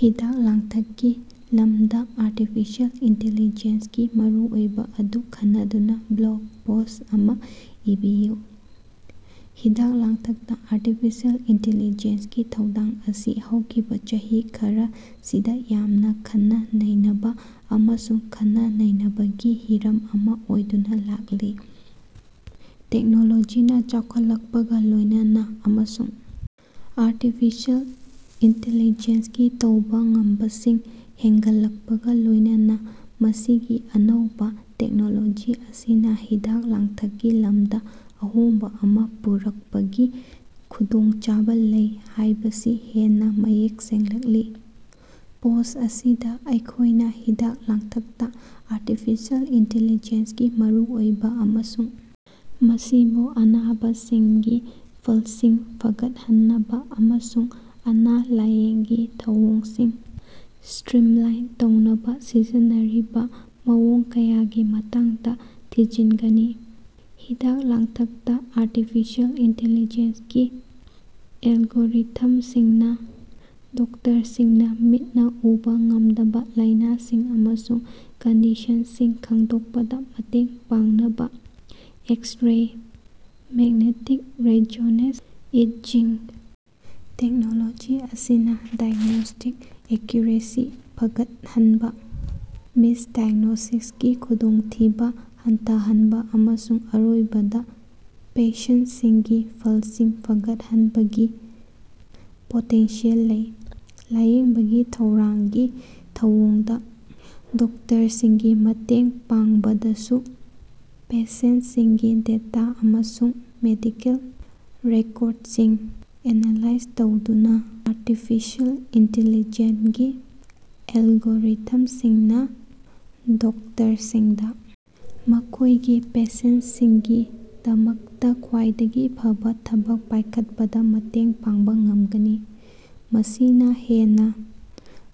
ꯍꯤꯗꯥꯛ ꯂꯥꯡꯊꯛꯀꯤ ꯂꯝꯗꯥ ꯑꯥꯔꯇꯤꯐꯤꯁꯤꯑꯦꯜ ꯏꯟꯇꯦꯂꯤꯖꯦꯟꯁꯀꯤ ꯃꯔꯨꯑꯣꯏꯕꯥ ꯑꯗꯨ ꯈꯟꯅꯗꯨꯅꯥ ꯕ꯭ꯂꯣꯒ ꯄꯣꯁ꯭ꯠ ꯑꯃꯥ ꯏꯕꯤꯌꯨ꯫ ꯍꯤꯗꯥꯛ-ꯂꯥꯡꯊꯛꯇꯥ ꯑꯥꯔꯇꯤꯐꯤꯁꯤꯑꯦꯜ ꯏꯟꯇꯤꯂꯤꯖꯦꯟꯁ ꯒꯤ ꯊꯧꯗꯥꯡ ꯑꯁꯤ ꯍꯧꯈꯤꯕꯥ ꯆꯍꯤ ꯈꯔꯁꯤꯗꯥ ꯌꯥꯝꯅꯥ ꯈꯟꯅ-ꯅꯩꯅꯕꯥ ꯑꯃꯁꯨꯡ ꯈꯟꯅ-ꯅꯩꯅꯕꯒꯤ ꯍꯤꯔꯝ ꯑꯃꯥ ꯑꯣꯏꯗꯨꯅꯥ ꯂꯥꯛꯂꯤ꯫ ꯇꯦꯛꯅꯣꯂꯣꯖꯤꯅꯥ ꯆꯥꯎꯈꯠꯂꯛꯄꯒꯥ ꯂꯣꯏꯅꯅꯥ ꯑꯃꯁꯨꯡ ꯑꯥꯔꯇꯤꯐꯤꯁꯤꯑꯦꯜ ꯏꯟꯇꯦꯂꯤꯖꯦꯟꯁ ꯒꯤ ꯇꯧꯕꯥ ꯉꯝꯕꯁꯤꯡ ꯍꯦꯟꯒꯠꯂꯛꯄꯒꯥ ꯂꯣꯏꯅꯅꯥ ꯃꯁꯤꯒꯤ ꯑꯅꯧꯕꯥ ꯇꯦꯛꯅꯣꯂꯣꯖꯤ ꯑꯁꯤꯅꯥ ꯍꯤꯗꯥꯛ ꯂꯥꯡꯊꯛꯀꯤ ꯂꯝꯗꯥ ꯑꯍꯣꯡꯕꯥ ꯑꯃꯥ ꯄꯨꯔꯛꯄꯒꯤ ꯈꯨꯗꯣꯡꯆꯕ ꯂꯩ ꯍꯥꯌꯕꯁꯤ ꯍꯦꯟꯅꯥ ꯃꯌꯦꯛ ꯁꯦꯡꯂꯛꯂꯤ꯫ ꯄꯣꯁꯠ ꯑꯁꯤꯗꯥ ꯑꯩꯈꯣꯏꯅꯥ ꯍꯤꯗꯥꯛ ꯂꯥꯡꯊꯛꯇ ꯑꯥꯔꯇꯤꯐꯤꯁꯤꯑꯦꯜ ꯏꯟꯇꯦꯂꯤꯖꯦꯟꯁ ꯒꯤ ꯃꯔꯨꯑꯣꯏꯕꯥ ꯑꯃꯁꯨꯡ ꯃꯁꯤꯕꯨ ꯑꯅꯥꯕꯁꯤꯡꯒꯤ ꯐꯜꯁꯤꯡ ꯐꯒꯠꯍꯟꯅꯕꯥ ꯑꯃꯁꯨꯡ ꯑꯅꯥ-ꯂꯥꯏꯌꯦꯡꯒꯤ ꯊꯧꯑꯣꯡꯁꯤꯡ ꯁꯇ꯭ꯔꯤꯝꯂꯥꯏꯟ ꯇꯧꯅꯕꯥ ꯁꯤꯖꯤꯟꯅꯔꯤꯕꯥ ꯃꯑꯣꯡ ꯀꯌꯥꯒꯤ ꯃꯇꯥꯡꯗꯥ ꯊꯤꯖꯤꯒꯅꯤ꯫ ꯍꯤꯗꯥꯛ-ꯂꯥꯡꯊꯛꯇꯥ ꯑꯥꯔꯇꯤꯐꯤꯁꯤꯑꯦꯜ ꯏꯟꯇꯦꯂꯤꯖꯦꯟꯁ ꯒꯤ ꯑꯦꯜꯒꯣꯔꯤꯊꯝꯁꯤꯡꯅꯥ ꯗꯣꯛꯇꯔꯁꯤꯡꯅꯥ ꯃꯤꯠꯅꯥ ꯎꯕꯥ ꯉꯝꯗꯕꯥ ꯂꯥꯏꯅꯥꯁꯤꯡ ꯑꯃꯁꯨꯡ ꯀꯟꯗꯤꯁꯟꯁꯤꯡ ꯈꯡꯗꯣꯛꯄꯗꯥ ꯃꯇꯦꯡ ꯄꯥꯡꯅꯕꯥ x-ray, magnetic resonance imaging technology ꯑꯁꯤꯅꯥ ꯗꯥꯏꯒ꯭ꯅꯣꯁ꯭ꯇꯤꯛ ꯑꯦꯛꯀ꯭ꯌꯨꯔꯦꯁꯤ ꯐꯒꯠꯍꯅꯕꯥ, ꯃꯤꯁꯗꯥꯏꯒ꯭ꯅꯣꯁꯤꯁꯀꯤ ꯈꯨꯗꯣꯡꯊꯤꯕꯥ ꯍꯟꯊꯍꯅꯕꯥ ꯑꯃꯁꯨꯡ ꯑꯔꯣꯏꯕꯗꯥ ꯄꯦꯁꯦꯟꯇꯁꯤꯡꯒꯤ ꯐꯜꯁꯤꯡ ꯐꯒꯠꯍꯟꯕꯒꯤ ꯄꯣꯇꯦꯟꯁꯤꯌꯦꯜ ꯂꯩ꯫ ꯂꯥꯏꯌꯦꯡꯕꯒꯤ ꯊꯧꯔꯥꯡꯒꯤ ꯊꯧꯑꯣꯡꯗꯥ ꯗꯣꯛꯇꯔꯁꯤꯡꯒꯤ ꯃꯇꯦꯡ ꯄꯥꯡꯕꯗꯁꯨ, ꯄꯦꯁꯦꯟꯇꯁꯤꯡꯒꯤ ꯗꯦꯇꯥ ꯑꯃꯁꯨꯡ ꯃꯦꯗꯤꯀꯦꯜ ꯔꯦꯀꯣꯔꯗꯁꯤꯡ ꯑꯦꯅꯥꯂꯥꯏꯖ ꯇꯧꯗꯨꯅꯥ ꯑꯥꯔꯇꯤꯐꯤꯁꯤꯑꯦꯜ ꯏꯟꯇꯦꯂꯤꯖꯦꯟꯁ ꯒꯤ ꯑꯦꯜꯒꯣꯔꯤꯊꯝꯁꯤꯡꯅꯥ ꯗꯣꯛꯇꯔꯁꯤꯡꯗꯥ ꯃꯈꯣꯏꯒꯤ ꯄꯦꯁꯦꯟꯇꯁꯤꯡꯒꯤꯗꯃꯛꯇꯥ ꯈ꯭ꯋꯥꯏꯗꯒꯤ ꯐꯕꯥ ꯊꯕꯛ ꯄꯥꯏꯈꯠꯄꯗꯥ ꯃꯇꯦꯡ ꯄꯥꯡꯕꯥ ꯉꯝꯒꯅꯤ꯫ ꯃꯁꯤꯅꯥ ꯍꯦꯟꯅꯥ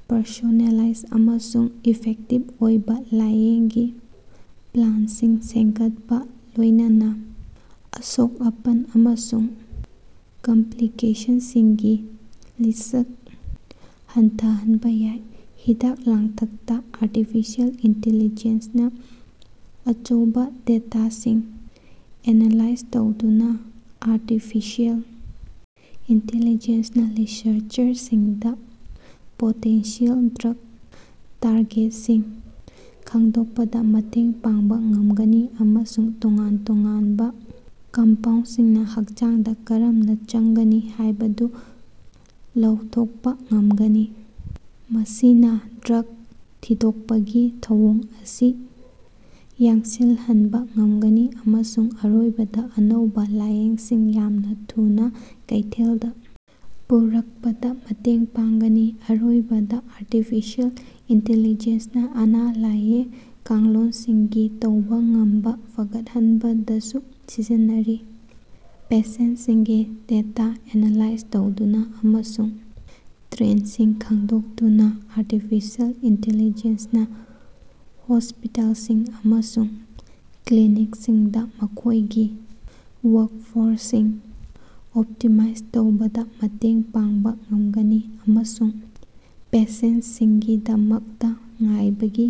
ꯄꯔꯁꯣꯅꯦꯂꯥꯏꯖ ꯑꯃꯁꯨꯡ ꯏꯐꯦꯛꯇꯤꯚ ꯑꯣꯏꯕꯥ ꯂꯥꯏꯌꯦꯡꯒꯤ ꯄ꯭ꯂꯥꯟꯁꯤꯡ ꯁꯦꯝꯒꯠꯄꯒꯥ ꯂꯣꯏꯅꯅꯥ, ꯑꯁꯣꯛ-ꯑꯄꯟ ꯑꯃꯁꯨꯡ ꯀꯝꯞꯂꯤꯀꯦꯁꯟꯁꯤꯡꯒꯤ ꯔꯤꯁꯛ ꯍꯟꯊꯍꯅꯕꯥ ꯌꯥꯏ꯫ ꯍꯤꯗꯥꯛ-ꯂꯥꯡꯊꯛꯇꯥ ꯑꯥꯔꯇꯤꯐꯤꯁꯤꯑꯦꯜ ꯏꯟꯇꯦꯂꯤꯖꯦꯟꯁꯅꯥ ꯑꯆꯧꯕꯥ ꯗꯦꯇꯥꯁꯤꯡ ꯑꯦꯅꯥꯂꯥꯏꯖ ꯇꯧꯗꯨꯅꯥ ꯑꯥꯔꯇꯤꯐꯤꯁꯤꯑꯦꯜ ꯏꯟꯇꯦꯂꯤꯖꯦꯟꯁꯅꯥ ꯔꯤꯁꯔꯆꯔꯁꯤꯡꯗꯥ ꯄꯣꯇꯦꯟꯁꯤꯌꯦꯜ ꯗ꯭ꯔꯒ ꯇꯥꯔꯒꯦꯠꯁꯤꯡ ꯈꯉꯗꯣꯀꯄꯗꯥ ꯃꯇꯦꯡ ꯄꯥꯡꯕꯥ ꯉꯝꯒꯅꯤ ꯑꯃꯁꯨꯡ ꯇꯣꯉꯥꯟ ꯇꯣꯉꯥꯟꯕꯥ ꯀꯝꯄꯥꯎꯟꯗꯁꯤꯡꯅꯥ ꯍꯀꯆꯥꯡꯗꯥ ꯀꯔꯝꯅꯥ ꯆꯪꯒꯅꯤ ꯍꯥꯌꯕꯗꯨ ꯂꯥꯎꯊꯣꯛꯄꯥ ꯉꯝꯒꯅꯤ꯫ ꯃꯁꯤꯅꯥ ꯗ꯭ꯔꯒ ꯊꯤꯗꯣꯛꯄꯒꯤ ꯊꯧꯑꯣꯡ ꯑꯁꯤ ꯌꯥꯡꯁꯤꯜꯍꯟꯕꯥ ꯉꯝꯒꯅꯤ ꯑꯃꯁꯨꯡ ꯑꯔꯣꯏꯕꯗꯥ ꯑꯅꯧꯕꯥ ꯂꯥꯌꯦꯡꯁꯤꯡ ꯌꯥꯝꯅꯥ ꯊꯨꯅꯥ ꯀꯩꯊꯦꯜꯗꯥ ꯄꯨꯔꯛꯄꯗꯥ ꯃꯇꯦꯡ ꯄꯥꯡꯒꯅꯤ꯫ ꯑꯔꯣꯏꯕꯗꯥ, ꯑꯥꯔꯇꯤꯐꯤꯁꯤꯑꯦꯜ ꯏꯟꯇꯦꯂꯤꯖꯦꯟꯁꯅꯥ ꯑꯅꯥ-ꯂꯥꯏꯌꯦꯡ ꯀꯥꯡꯂꯣꯟꯁꯤꯡꯒꯤ ꯇꯧꯕꯉꯝꯕꯥ ꯐꯒꯠꯍꯟꯕꯗꯁꯨ ꯁꯤꯖꯤꯟꯅꯔꯤ꯫ ꯄꯦꯁꯦꯟ꯭ꯇꯁꯤꯡꯒꯤ ꯗꯦꯇꯥ ꯑꯦꯅꯥꯂꯥꯏꯖ ꯇꯧꯗꯨꯅꯥ ꯑꯃꯁꯨꯡ ꯇ꯭ꯔꯦꯟ꯭ꯗꯁꯤꯡ ꯈꯡꯗꯣꯛꯇꯨꯅꯥ ꯑꯥꯔꯇꯤꯐꯤꯁꯤꯑꯦꯜ ꯏꯟꯇꯦꯂꯤꯖꯦꯟ꯭ꯁꯅꯥ ꯍꯣꯁꯄꯤꯇꯥꯜꯁꯤꯡ ꯑꯃꯁꯨꯡ ꯀ꯭ꯂꯤꯅꯤꯛꯁꯤꯡꯗꯥ ꯃꯈꯣꯏꯒꯤ ꯋꯥꯔꯛꯐ꯭ꯂꯣꯁꯤꯡ ꯑꯣꯞꯇꯤꯃꯥꯏꯖ ꯇꯧꯕꯗꯥ ꯃꯇꯦꯡ ꯄꯥꯡꯕꯥ ꯉꯝꯒꯅꯤ ꯑꯃꯁꯨꯡ ꯄꯦꯁꯦꯟꯇꯁꯤꯡꯒꯤꯗꯃꯛꯇꯥ ꯉꯥꯏꯕꯒꯤ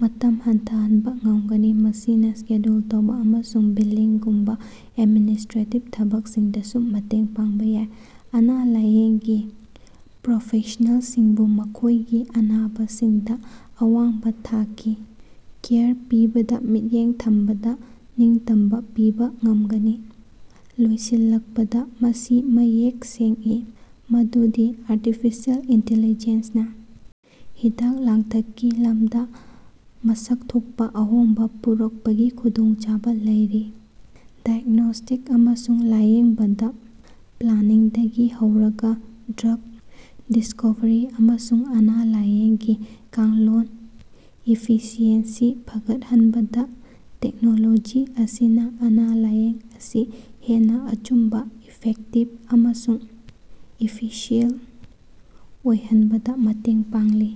ꯃꯇꯝ ꯍꯟꯊꯍꯟꯕꯥ ꯉꯝꯒꯅꯤ꯫ ꯃꯁꯤꯅꯥ ꯁꯦꯗ꯭ꯌꯨꯜ ꯇꯧꯕꯥ ꯑꯃꯁꯨꯡ ꯕꯤꯂꯤꯡꯒꯨꯝꯕꯥ ꯑꯦꯗꯃꯤꯅꯤꯁꯇ꯭ꯔꯦꯇꯤꯕ ꯊꯕꯛꯁꯤꯡꯗꯁꯨ ꯃꯇꯦꯡ ꯄꯥꯡꯕꯥ ꯌꯥꯏ, ꯑꯅ-ꯥꯂꯥꯏꯌꯦꯡꯒꯤ ꯄ꯭ꯔꯣꯐꯦꯁ꯭ꯅꯦꯂꯁꯤꯡꯕꯨ ꯃꯈꯣꯏꯒꯤ ꯑꯅꯥꯕꯁꯤꯡꯗꯥ ꯑꯋꯥꯡꯕꯥ ꯊꯥꯛꯀꯤ ꯀꯦꯌꯔ ꯄꯤꯕꯗꯥ ꯃꯤꯠꯌꯦꯡ ꯊꯝꯕꯗ ꯅꯤꯡꯇꯝꯕꯥ ꯄꯤꯕꯥ ꯉꯃꯒꯅꯤ꯫ ꯂꯣꯏꯁꯤꯜꯂꯛꯄꯗꯥ, ꯃꯁꯤ ꯃꯌꯦꯛ ꯁꯦꯡꯏ ꯃꯗꯨꯗꯤ ꯑꯥꯔꯇꯤꯐꯤꯁꯤꯑꯦꯜ ꯏꯟꯇꯦꯂꯤꯖꯦꯟꯁꯅꯥ ꯍꯤꯗꯥꯛ ꯂꯥꯡꯊꯛꯀꯤ ꯂꯝꯗꯥ ꯃꯁꯛ ꯊꯣꯛꯄꯥ ꯑꯍꯣꯡꯕꯥ ꯄꯨꯔꯛꯄꯒꯤ ꯈꯨꯗꯣꯡꯆꯕ ꯂꯩꯔꯤ꯫ ꯗꯥꯏꯒ꯭ꯅꯣꯁ꯭ꯇꯤꯛ ꯑꯃꯁꯨꯡ ꯂꯥꯏꯌꯦꯡꯕꯗ ꯄ꯭ꯂꯥꯅꯤꯡꯗꯒꯤ ꯍꯧꯔꯒꯥ ꯗ꯭ꯔꯒ ꯗꯤꯁ꯭ꯀꯣꯚꯔꯤ ꯑꯃꯁꯨꯡ ꯑꯅ-ꯥꯂꯥꯏꯌꯦꯡꯒꯤ ꯀꯥꯡꯂꯣꯟ ꯏꯐꯤꯁꯤꯑꯦꯟꯁꯤ ꯐꯥꯒꯠꯍꯟꯕꯗ ꯇꯦꯛꯅꯣꯂꯣꯖꯤ ꯑꯁꯤꯅꯥ ꯑꯅ-ꯥꯂꯥꯏꯌꯦꯡ ꯑꯁꯤ ꯍꯦꯟꯅꯥ ꯑꯆꯨꯝꯕꯥ, ꯏꯐꯦꯛꯇꯤꯕ ꯑꯃꯁꯨꯡ ꯏꯐꯤꯁꯤꯌꯦꯟꯇ ꯑꯣꯏꯍꯅꯕꯗꯥ ꯃꯇꯦꯡ ꯄꯥꯡꯂꯤ꯫